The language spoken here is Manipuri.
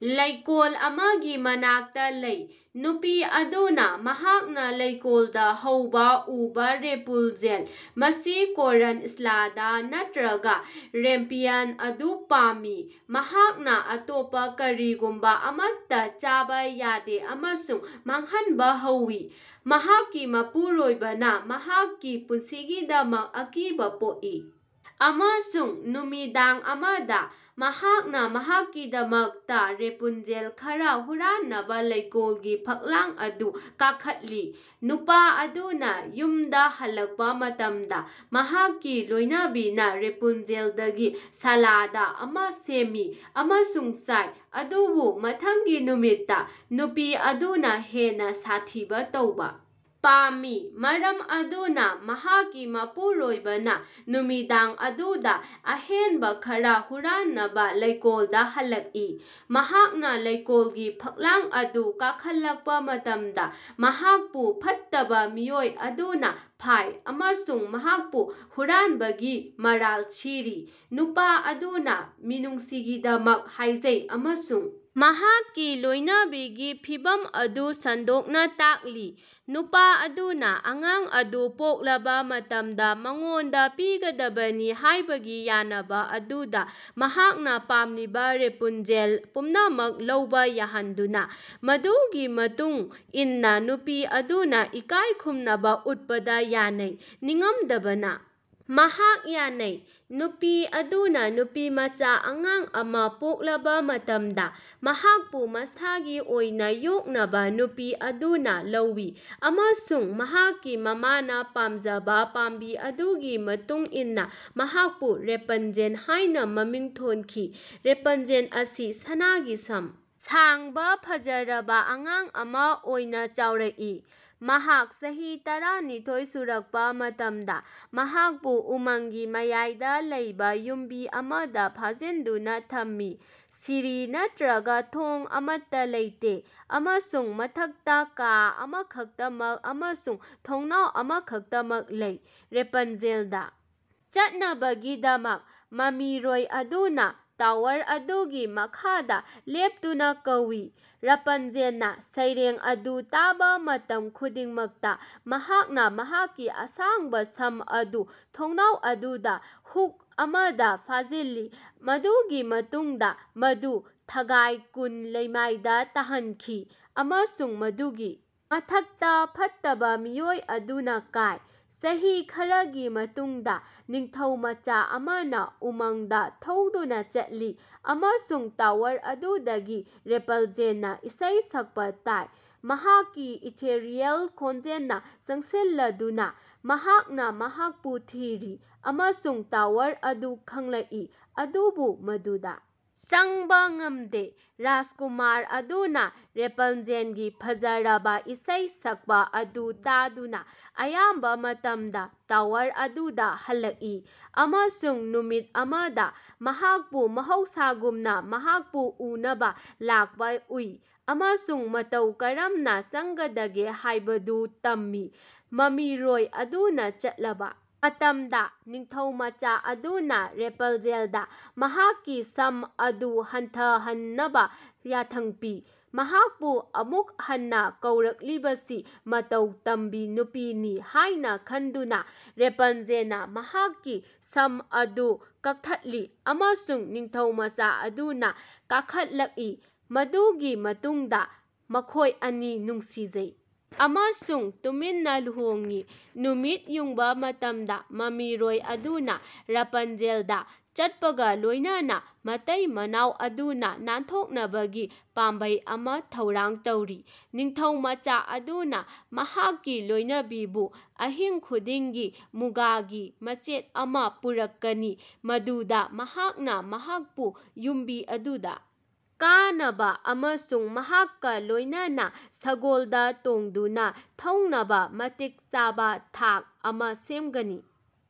ꯂꯩꯀꯣꯜ ꯑꯃꯒꯤ ꯃꯅꯥꯛꯇ ꯂꯩ꯫ ꯅꯨꯄꯤ ꯑꯗꯨꯅ ꯃꯍꯥꯛꯅ ꯂꯩꯀꯣꯜꯗ ꯍꯧꯕ ꯎꯕ ꯔꯦꯄꯨꯟꯖꯦꯜ (ꯃꯁꯤ ꯀꯣꯔ꯭ꯟ ꯁꯥꯂꯥꯗ ꯅꯠꯇ꯭ꯔꯥꯒ ꯔꯦꯝꯄꯤꯌꯟ) ꯑꯗꯨ ꯄꯥꯝꯃꯤ꯫ ꯃꯍꯥꯛꯅ ꯑꯇꯣꯞꯄ ꯀꯔꯤꯒꯨꯝꯕ ꯑꯃꯠꯇ ꯆꯥꯕ ꯌꯥꯗꯦ ꯑꯃꯁꯨꯡ ꯃꯥꯡꯍꯟꯕ ꯍꯧꯋꯤ꯫ ꯃꯍꯥꯛꯀꯤ ꯃꯄꯨꯔꯣꯏꯕꯅ ꯃꯍꯥꯛꯀꯤ ꯄꯨꯟꯁꯤꯒꯤꯗꯃꯛ ꯑꯀꯤꯕ ꯄꯣꯛꯏ ꯑꯃꯁꯨꯡ ꯅꯨꯃꯤꯗꯥꯡ ꯑꯃꯗ, ꯃꯍꯥꯛꯅ ꯃꯍꯥꯛꯀꯤꯗꯃꯛꯇ ꯔꯦꯄꯟꯖꯦꯜ ꯈꯔ ꯍꯨꯔꯥꯟꯅꯕ ꯂꯩꯀꯣꯜꯒꯤ ꯐꯛꯂꯥꯡ ꯑꯗꯨ ꯀꯥꯈꯠꯂꯤ꯫ ꯅꯨꯄꯥ ꯑꯗꯨꯅ ꯌꯨꯝꯗ ꯍꯜꯂꯛꯄ ꯃꯇꯝꯗ, ꯃꯍꯥꯛꯀꯤ ꯂꯣꯏꯅꯕꯤꯅ ꯔꯦꯄꯨꯟꯖꯦꯜꯗꯒꯤ ꯁꯥꯂꯥꯗ ꯑꯃ ꯁꯦꯝꯃꯤ ꯑꯃꯁꯨꯡ ꯆꯥꯏ꯫ ꯑꯗꯨꯕꯨ ꯃꯊꯪꯒꯤ ꯅꯨꯃꯤꯠꯇ, ꯅꯨꯄꯤ ꯑꯗꯨꯅ ꯍꯦꯟꯅ ꯁꯥꯊꯤꯕ ꯇꯧꯕ ꯄꯥꯝꯃꯤ, ꯃꯔꯝ ꯑꯗꯨꯅ ꯃꯍꯥꯛꯀꯤ ꯃꯄꯨꯔꯣꯏꯕꯅ ꯅꯨꯃꯤꯗꯥꯡ ꯑꯗꯨꯗ ꯑꯍꯦꯟꯕ ꯈꯔ ꯍꯨꯔꯥꯟꯅꯕ ꯂꯩꯀꯣꯜꯗ ꯍꯜꯂꯛꯏ꯫ ꯃꯍꯥꯛꯅ ꯂꯩꯀꯣꯜꯒꯤ ꯐꯛꯂꯥꯡ ꯑꯗꯨ ꯀꯥꯈꯠꯂꯛꯄ ꯃꯇꯝꯗ, ꯃꯍꯥꯛꯄꯨ ꯐꯠꯇꯕ ꯃꯤꯑꯣꯏ ꯑꯗꯨꯅ ꯐꯥꯏ ꯑꯃꯁꯨꯡ ꯃꯍꯥꯛꯄꯨ ꯍꯨꯔꯥꯟꯕꯒꯤ ꯃꯔꯥꯜ ꯁꯤꯔꯤ꯫ ꯅꯨꯄꯥ ꯑꯗꯨꯅ ꯃꯤꯅꯨꯡꯁꯤꯒꯤꯗꯃꯛ ꯍꯥꯏꯖꯩ ꯑꯃꯁꯨꯡ ꯃꯍꯥꯛꯀꯤ ꯂꯣꯏꯅꯕꯤꯒꯤ ꯐꯤꯚꯝ ꯑꯗꯨ ꯁꯟꯗꯣꯛꯅ ꯇꯥꯛꯂꯤ꯫ ꯅꯨꯄꯥ ꯑꯗꯨꯅ ꯑꯉꯥꯡ ꯑꯗꯨ ꯄꯣꯛꯂꯕ ꯃꯇꯝꯗ ꯃꯉꯣꯟꯗ ꯄꯤꯒꯗꯕꯅꯤ ꯍꯥꯏꯕꯒꯤ ꯌꯥꯅꯕ ꯑꯗꯨꯗ ꯃꯍꯥꯛꯅ ꯄꯥꯝꯂꯤꯕ ꯔꯦꯄꯨꯟꯖꯦꯜ ꯄꯨꯝꯅꯃꯛ ꯂꯧꯕ ꯌꯥꯍꯟꯗꯨꯅ, ꯃꯗꯨꯒꯤ ꯃꯇꯨꯡ ꯏꯟꯅ ꯅꯨꯄꯤ ꯑꯗꯨꯅ ꯏꯀꯥꯏ ꯈꯨꯝꯅꯕ ꯎꯠꯄꯗ ꯌꯥꯅꯩ꯫ ꯅꯤꯡꯉꯝꯗꯕꯅ, ꯃꯍꯥꯛ ꯌꯥꯅꯩ꯫ ꯅꯨꯄꯤ ꯑꯗꯨꯅ ꯅꯨꯄꯤꯃꯆꯥ ꯑꯉꯥꯡ ꯑꯃꯥ ꯄꯣꯛꯂꯕ ꯃꯇꯝꯗ, ꯃꯍꯥꯛꯄꯨ ꯃꯁꯥꯒꯤ ꯑꯣꯏꯅ ꯌꯣꯛꯅꯕ ꯅꯨꯄꯤ ꯑꯗꯨꯅ ꯂꯧꯋꯤ ꯑꯃꯁꯨꯡ ꯃꯍꯥꯛꯀꯤ ꯃꯃꯥꯅ ꯄꯥꯝꯖꯕ ꯄꯥꯝꯕꯤ ꯑꯗꯨꯒꯤ ꯃꯇꯨꯡ ꯏꯟꯅ ꯃꯍꯥꯛꯄꯨ ꯔꯦꯄꯟꯖꯦꯜ ꯍꯥꯏꯅ ꯃꯃꯤꯡ ꯊꯣꯟꯈꯤ꯫ ꯔꯦꯄꯟꯖꯦꯜ ꯑꯁꯤ ꯁꯅꯥꯒꯤ ꯁꯝ ꯁꯥꯡꯕ ꯐꯖꯔꯕ ꯑꯉꯥꯡ ꯑꯃ ꯑꯣꯏꯅ ꯆꯥꯎꯔꯛꯏ꯫ ꯃꯍꯥꯛ ꯆꯍꯤ ꯇꯔꯥꯅꯤꯊꯣꯏ ꯁꯨꯔꯛꯄ ꯃꯇꯝꯗ, ꯃꯍꯥꯛꯄꯨ ꯎꯃꯪꯒꯤ ꯃꯌꯥꯏꯗ ꯂꯩꯕ ꯌꯨꯝꯕꯤ ꯑꯃꯗ ꯐꯥꯖꯤꯟꯗꯨꯅ ꯊꯝꯃꯤ, ꯁꯤꯔꯤ ꯅꯠꯇ꯭ꯔꯥꯒ ꯊꯣꯡ ꯑꯃꯠꯇ ꯂꯩꯇꯦ, ꯑꯃꯁꯨꯡ ꯃꯊꯛꯇ ꯀꯥ ꯑꯃꯈꯛꯇꯃꯛ ꯑꯃꯁꯨꯡ ꯊꯣꯡꯅꯥꯎ ꯑꯃꯈꯛꯇꯃꯛ ꯂꯩ꯫ ꯔꯦꯄꯟꯖꯦꯜꯗ ꯆꯠꯅꯕꯒꯤꯗꯃꯛ, ꯃꯃꯤꯔꯣꯏ ꯑꯗꯨꯅ ꯇꯋꯥꯔ ꯑꯗꯨꯒꯤ ꯃꯈꯥꯗ ꯂꯦꯞꯇꯨꯅ ꯀꯧꯏ: ꯔꯥꯄꯟꯖꯦꯜꯅ ꯁꯩꯔꯦꯡ ꯑꯗꯨ ꯇꯥꯕ ꯃꯇꯝ ꯈꯨꯗꯤꯡꯃꯛꯇ, ꯃꯍꯥꯛꯅ ꯃꯍꯥꯛꯀꯤ ꯑꯁꯥꯡꯕ ꯁꯝ ꯑꯗꯨ ꯊꯣꯡꯅꯥꯎ ꯑꯗꯨꯗ ꯍꯨꯛ ꯑꯃꯗ ꯐꯥꯖꯤꯜꯂꯤ ꯃꯗꯨꯒꯤ ꯃꯇꯨꯡꯗ ꯃꯗꯨ ꯊꯒꯥꯏ ꯀꯨꯟ ꯂꯩꯃꯥꯏꯗ ꯇꯥꯍꯟꯈꯤ, ꯑꯃꯁꯨꯡ ꯃꯗꯨꯒꯤ ꯃꯊꯛꯇ ꯐꯠꯇꯕ ꯃꯤꯑꯣꯏ ꯑꯗꯨꯅ ꯀꯥꯏ꯫ ꯆꯍꯤ ꯈꯔꯒꯤ ꯃꯇꯨꯡꯗ, ꯅꯤꯡꯊꯧꯃꯆꯥ ꯑꯃꯅ ꯎꯃꯪꯗ ꯊꯧꯗꯨꯅ ꯆꯠꯂꯤ ꯑꯃꯁꯨꯡ ꯇꯋꯥꯔ ꯑꯗꯨꯗꯒꯤ ꯔꯦꯄꯟꯖꯦꯜꯅ ꯏꯁꯩ ꯁꯛꯄ ꯇꯥꯏ꯫ ꯃꯍꯥꯛꯀꯤ ꯏꯊꯦꯔꯤꯌꯦꯜ ꯈꯣꯟꯖꯦꯜꯅ ꯆꯪꯁꯤꯜꯂꯗꯨꯅ, ꯃꯍꯥꯛꯅ ꯃꯍꯥꯛꯄꯨ ꯊꯤꯔꯤ ꯑꯃꯁꯨꯡ ꯇꯋꯥꯔ ꯑꯗꯨ ꯈꯪꯂꯛꯏ, ꯑꯗꯨꯕꯨ ꯃꯗꯨꯗ ꯆꯪꯕ ꯉꯝꯗꯦ꯫ ꯔꯥꯖꯀꯨꯃꯥꯔ ꯑꯗꯨꯅ ꯔꯦꯄꯟꯖꯦꯜꯒꯤ ꯐꯖꯔꯕ ꯏꯁꯩ ꯁꯛꯄ ꯑꯗꯨ ꯇꯥꯗꯨꯅ ꯑꯌꯥꯝꯕ ꯃꯇꯝꯗ ꯇꯋꯥꯔ ꯑꯗꯨꯗ ꯍꯜꯂꯛꯏ, ꯑꯃꯁꯨꯡ ꯅꯨꯃꯤꯠ ꯑꯃꯗ ꯃꯍꯥꯛꯄꯨ ꯃꯍꯧꯁꯥꯒꯨꯝꯅ ꯃꯍꯥꯛꯄꯨ ꯎꯅꯕ ꯂꯥꯛꯄ ꯎꯏ ꯑꯃꯁꯨꯡ ꯃꯇꯧ ꯀꯔꯝꯅ ꯆꯪꯒꯗꯒꯦ ꯍꯥꯏꯕꯗꯨ ꯇꯝꯃꯤ꯫ ꯃꯃꯤꯔꯣꯏ ꯑꯗꯨꯅ ꯆꯠꯂꯕ ꯃꯇꯝꯗ, ꯅꯤꯡꯊꯧꯃꯆꯥ ꯑꯗꯨꯅ ꯔꯦꯄꯟꯖꯦꯜꯗ ꯃꯍꯥꯛꯀꯤ ꯁꯝ ꯑꯗꯨ ꯍꯟꯊꯍꯟꯅꯕ ꯌꯥꯊꯪ ꯄꯤ꯫ ꯃꯍꯥꯛꯄꯨ ꯑꯃꯨꯛ ꯍꯟꯅ ꯀꯧꯔꯛꯂꯤꯕꯁꯤ ꯃꯇꯧ ꯇꯝꯕꯤ ꯅꯨꯄꯤꯅꯤ ꯍꯥꯏꯅ ꯈꯟꯗꯨꯅ, ꯔꯦꯄꯟꯖꯦꯜꯅ ꯃꯍꯥꯛꯀꯤ ꯁꯝ ꯑꯗꯨ ꯀꯛꯊꯠꯂꯤ ꯑꯃꯁꯨꯡ ꯅꯤꯡꯊꯧꯃꯆꯥ ꯑꯗꯨꯅ ꯀꯥꯈꯠꯂꯛꯏ꯫ ꯃꯗꯨꯒꯤ ꯃꯇꯨꯡꯗ ꯃꯈꯣꯏ ꯑꯅꯤ ꯅꯨꯡꯁꯤꯖꯩ ꯑꯃꯁꯨꯡ ꯇꯨꯃꯤꯟꯅ ꯂꯨꯍꯣꯡꯏ꯫ ꯅꯨꯃꯤꯠ ꯌꯨꯡꯕ ꯃꯇꯝꯗ ꯃꯃꯤꯔꯣꯏ ꯑꯗꯨꯅ ꯔꯥꯄꯟꯖꯦꯜꯗ ꯆꯠꯄꯒ ꯂꯣꯏꯅꯅ, ꯃꯇꯩ-ꯃꯅꯥꯎ ꯑꯗꯨꯅ ꯅꯥꯟꯊꯣꯛꯅꯕꯒꯤ ꯄꯥꯝꯕꯩ ꯑꯃ ꯊꯧꯔꯥꯡ ꯇꯧꯔꯤ: ꯅꯤꯡꯊꯧꯃꯆꯥ ꯑꯗꯨꯅ ꯃꯍꯥꯛꯀꯤ ꯂꯣꯏꯅꯕꯤꯕꯨ ꯑꯍꯤꯡ ꯈꯨꯗꯤꯡꯒꯤ ꯃꯨꯒꯥꯒꯤ ꯃꯆꯦꯠ ꯑꯃ ꯄꯨꯔꯛꯀꯅꯤ ꯃꯗꯨꯗ ꯃꯍꯥꯛꯅ ꯃꯍꯥꯛꯄꯨ ꯌꯨꯝꯕꯤ ꯑꯗꯨꯗ ꯀꯥꯅꯕ ꯑꯃꯁꯨꯡ ꯃꯍꯥꯛꯀ ꯂꯣꯏꯅꯅ ꯁꯒꯣꯜꯗ ꯇꯣꯡꯗꯨꯅ ꯊꯧꯅꯕ ꯃꯇꯤꯛ ꯆꯥꯕ ꯊꯥꯛ ꯑꯃ ꯁꯦꯝꯒꯅꯤ꯫